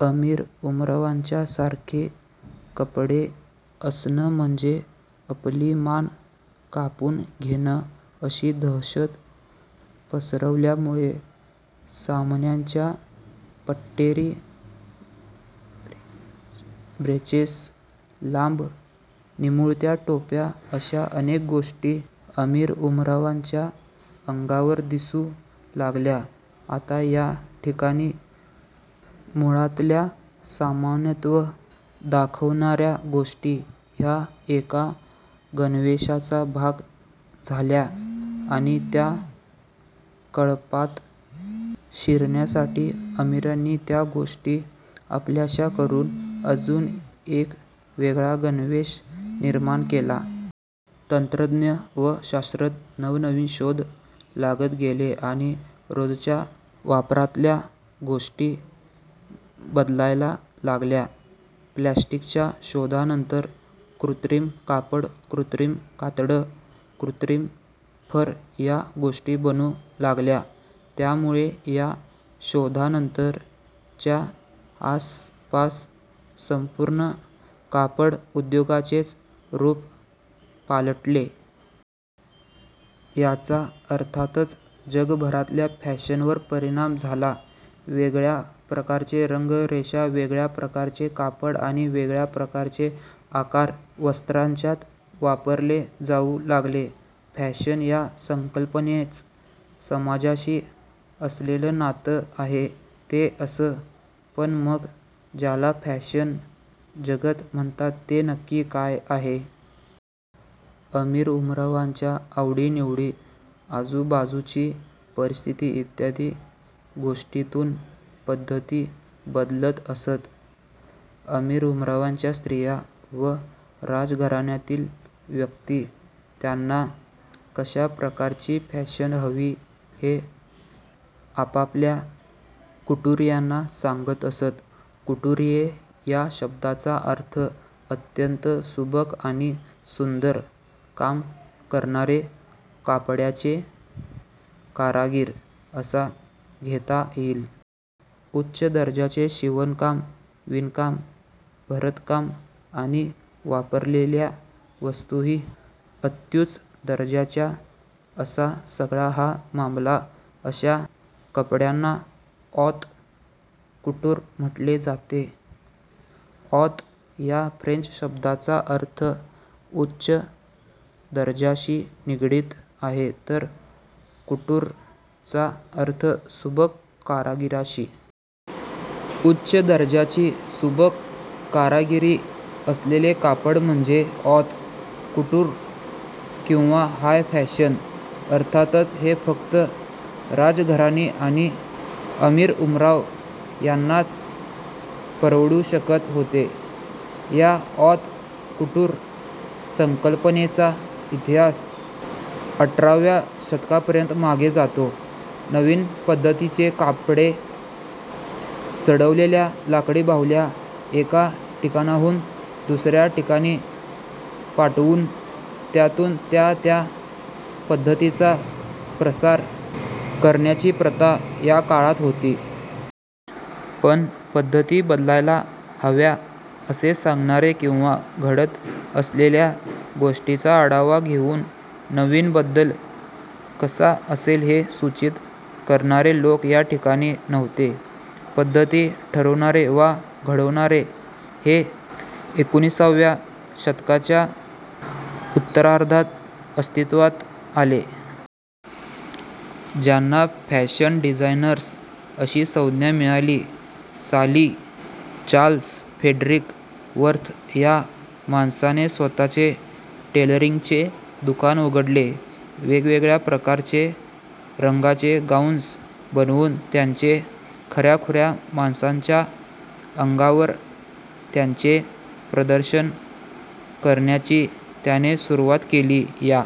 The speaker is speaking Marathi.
अमीरउमरावांच्यासारखे कपडे असणं म्हणजे आपली मान कापून घेणं अशी दहशत पसरल्यामुळे सामान्यांच्या पट्टेरी ब्रीचेस लांब निमुळत्या टोप्या अश्या अनेक गोष्टी अमीरउमरावांच्या अंगावर दिसू लागल्या. आता या ठिकाणी मुळातल्या सामान्यत्व दाखवणार्या गोष्टी ह्या एका गणवेशाचा भाग झाल्या आणि त्या कळपात शिरण्यासाठी अमीरांनी त्या गोष्टी आपल्याश्या करून अजून एक वेगळा गणवेश निर्माण केला. तंत्रज्ञान व शास्त्रात नवनवीन शोध लागत गेले आणि रोजच्या वापरातल्या गोष्टी बदलायला लागल्या. प्लॅस्टीकच्या शोधानंतर कृत्रिम कापड, कृत्रिम कातडं, कृत्रिम फर या गोष्टी बनू लागल्या. त्यामुळे या शोधानंतर च्या आसपास संपूर्ण कापडउद्योगाचेच रूप पालटले. याचा अर्थातच जगभरातल्या फॅशनवर परिणाम झाला. वेगळ्या प्रकारचे रंग, रेषा, वेगळ्या प्रकारचे कापड आणि वेगळ्या प्रकारचे आकार वस्त्रांच्यात वापरले जाऊ लागले. फॅशन या संकल्पनेचं समाजाशी असलेलं नातं आहे ते असं. पण मग ज्याला फॅशन जगत म्हणतात ते नक्की काय आहे? अमीरउमरावांच्या आवडीनिवडी, आजूबाजूची परिस्थिती इत्यादी गोष्टींतून पद्धती बदलत असत. अमीरउमरावांच्या स्त्रिया व राजघराण्यातील व्यक्ती त्यांना कश्या प्रकारची फॅशन हवी हे आपापल्या कुटुरियेंना सांगत असत. कुटुरीये या शब्दाचा अर्थ अत्यंत सुबक आणि सुंदर काम करणारे कपड्यांचे कारागिर असा घेता येईल. उच्च दर्जाचे शिवणकाम, विणकाम, भरतकाम आणि वापरलेल्या वस्तूही अत्युच्च दर्जाच्या असा सगळा हा मामला. अश्या कपड्यांना ऑत कुटूर म्हटले जाते. ऑत या फ्रेंच शब्दाचा अर्थ उच्च दर्जाशी निगडीत आहे तर कुटूर चा अर्थ सुबक कारागिरीशी. उच्च दर्जाची सुबक कारागिरी असलेले कपडे म्हणजे ऑत कुटूर किंवा हाय फॅशन. अर्थातच हे फक्त राजघराणी आणि अमीरउमराव यांनाच परवडू शकत होते. या ऑत कुटूर संकल्पनेचा इतिहास अठराव्या शतकातपर्यंत मागे जातो. नवीन पद्धतीचे कपडे चढवलेल्या लाकडी बाहुल्या एका ठिकाणाहून दुसर्या ठिकाणी पाठवून त्यातून त्या त्या पद्धतीचा प्रसार करण्याची प्रथा या काळात होती. पण पद्धती बदलायला हव्या असे सांगणारे किंवा घडत असलेल्या गोष्टींचा आढावा घेऊन नवीन बदल कसा असेल हे सूचित करणारे लोक या ठिकाणी नव्हते. पद्धती ठरवणारे वा घडवणारे हे एकोणिसाव्या शतकाच्या उत्तरार्धात अस्तित्वात आले. ज्यांना फॅशन डिझायनर्स अशी संज्ञा मिळाली. साली चार्ल्स फ्रेडरीक वर्थ या माणसाने स्वतःचे टेलरींगचे दुकान उघडले वेगवेगळ्या प्रकारचे, रंगांचे गाउन्स बनवून त्याचे खर्याखुर्या माणसांच्या अंगावर त्यांचे प्रदर्शन करण्याची त्याने सुरूवात केली. या